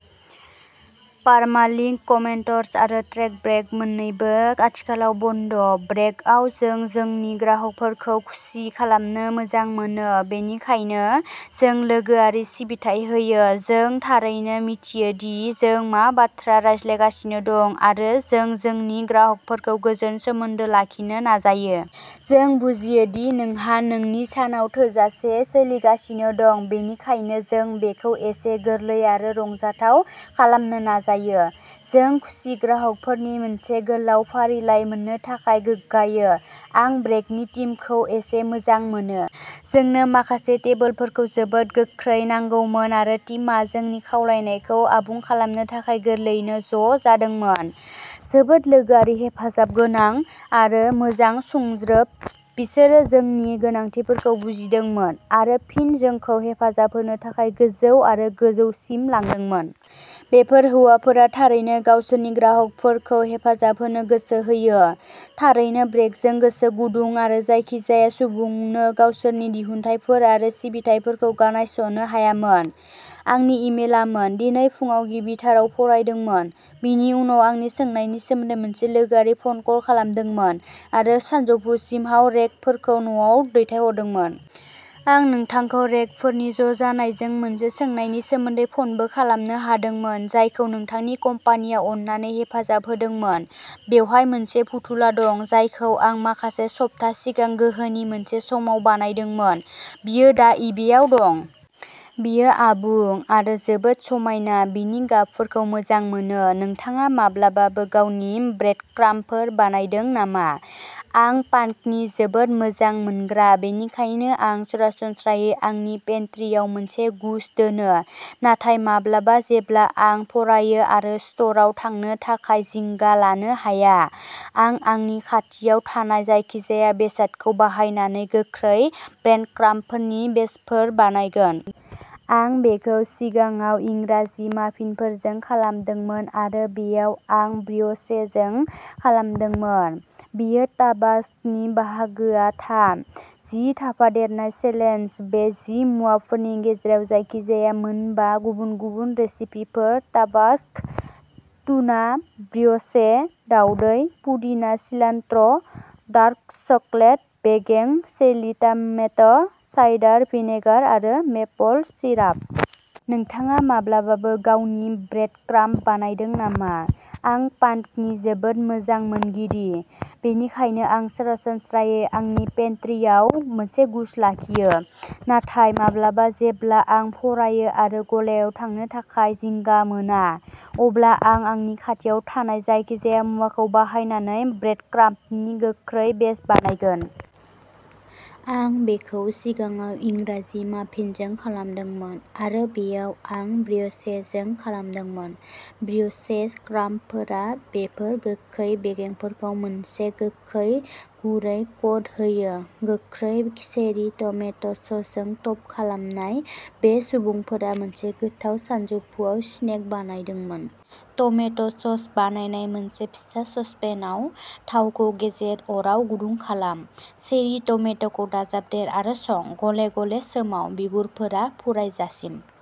Permalink comments आरो trackback मोननैबो आथिखालाव बन्द’। ब्रेक'आव जों जोंनि ग्राहकफोरखौ खुसि खालामनो मोजां मोनो। बेनिखायनो, जों लोगोआरि सिबिथाइ होयो। जों थारैनो मिथियो दि जों मा बाथ्रा रायज्लायगासिनो दं, आरो जों जोंनि ग्राहकफोरजों गोजोन सोमोन्दो लाखिनो नाजायो। जों बुजियो दि नोंहा नोंनि सानाव थोजासे सोलिगासिनो दं, बेनिखायनो जों बेखौ एसे गोरलै आरो रंजाथाव खालामनो नाजायो। जों खुसि ग्राहकफोरनि मोनसे गोलाव फारिलाइ मोननो थाखाय गोग्गायो। आं ब्रेक'नि टिमखौ एसे मोजां मोनो। जोंनो माखासे टेबोलफोरखौ जोबोद गोख्रै नांगौमोन आरो टिमआ जोंनि खावलायनायखौ आबुं खालामनो थाखाय गोरलैयैनो ज' जादोंमोन। जोबोद लोगोआरि हेफाजाबगोनां, आरो मोजां सुंज्रोब, बिसोरो जोंनि गोनांथिफोरखौ बुजिदोंमोन आरो फिन जोंखौ हेफाजाब होनो थाखाय गोजौ आरो गोजौसिम लांदोंमोन। बेफोर हौवाफोरा थारैनो गावसोरनि ग्राहकफोरखौ हेफाजाब होनो गोसो होयो। थारैनो ब्रेक'जों गोसो गुदुं, आरो जायखिजाया सुबुंनो गावसोरनि दिहुनथायफोर आरो सिबिथाइफोरखौ गनायस'नो हायामोन।" आंनि इमेलामोन। दिनै फुंआव गिबिथाराव फरायदोंमोन, बिनि उनाव आंनि सोंनायनि सोमोन्दै मोनसे लोगोआरि फन कल खालामदोंमोन, आरो सानजौफुसिमाव रेक फोरखौ न'आव दैथायहरदोंमोन। आं नोंथांखौ रेक फोरनि ज' जानायजों मोनसे सोंनायनि सोमोन्दै फनबो खालामनो हादोंमोन, जायखौ नोंथांनि कम्पानिया अननानै हेफाजाब होदोंमोन। "बेवहाय मोनसे फुथुला दं जायखौ आं माखासे सप्ता सिगां गोहोनि मोनसे समाव बानायदोंमोन। बियो दा इबे आव दं। बियो आबुं, आरो जोबोद समायना, बिनि गाबफोरखौ मोजां मोनो। नोंथाङा माब्लाबाबो गावनि ब्रेडक्राम्बफोर बानायदों नामा? आं पानक'नि जोबोद मोजां मोजां मोनग्रा, बेनिखायनो आं सरासनस्रायै आंनि पेन्ट्रिआव मोनसे गुस्स’ दोनो, नाथाय माब्लाबा जेब्ला आं फुरायो आरो स्ट'रआव थांनो थाखाय जिंगा लानो हाया, आं आंनि खाथियाव थानाय जायखिजाया बेसादखौ बाहायनानै गोख्रै ब्रेडक्राम्बफोरनि बेचफोर बानायगोन। आं बेखौ सिगाङाव इंराजि माफिनफोरजों खालामदोंमोन आरो बेयाव आं ब्रिय'चेजों खालामदोंमोन। बेयो ताबासक'नि बाहागोआ थाम। जि थाफादेरनाय चेलेन्ज-बे जि मुवाफोरनि गेजेराव जायखि-जाया मोन बा गुबुन-गुबुन रेसिपिफोर टाबासक', टुना, ब्रिय'चे, दाउदै, पुदिना सिलान्ट्र', डार्क चकलेट, बेगें, चेरि टामेट', साइडार भिनेगार आरो मेपल सिराप। नोंथाङा माब्लाबाबो गावनि ब्रेडक्राम्ब बानायदों नामा? आं पानक'नि जोबोद मोजां मोनगिरि, बेनिखायनो आं सरासनस्रायै आंनि पेन्ट्रिआव मोनसे गुस्स’ लाखियो, नाथाय माब्लाबा जेब्ला आं फुरायो आरो गलायाव थांनो थाखाय जिंगा मोना, अब्ला आं आंनि खाथियाव थानाय जायखिजाया मुवाखौ बाहायनानै ब्रेडक्राम्बनि गोख्रै बेच बानायगोन। आं बेखौ सिगाङाव इंराजि माफिनजों खालामदोंमोन आरो बेयाव आं ब्रिय'चेजों खालामदोंमोन। ब्रिय'चे क्राम्बफोरा बेफोर गोखै बेगेंफोरखौ मोनसे गोखै, गुरै कट होयो। गोख्रै चेरि टमेट' ससजों टप खालामनाय, बे सुबुंफोरा मोनसे गोथाव सानजौफुआव सिनेक बानायदोंमोन। टमेट' सस बानाय मोनसे फिसा ससपेनाव, थावखौ गेजेर अराव गुदुं खालाम। चेरि टमेट'खौ दाजाबदेर आरो सं, गले गले सोमाव बिगुरफोरा फुरायजासिम।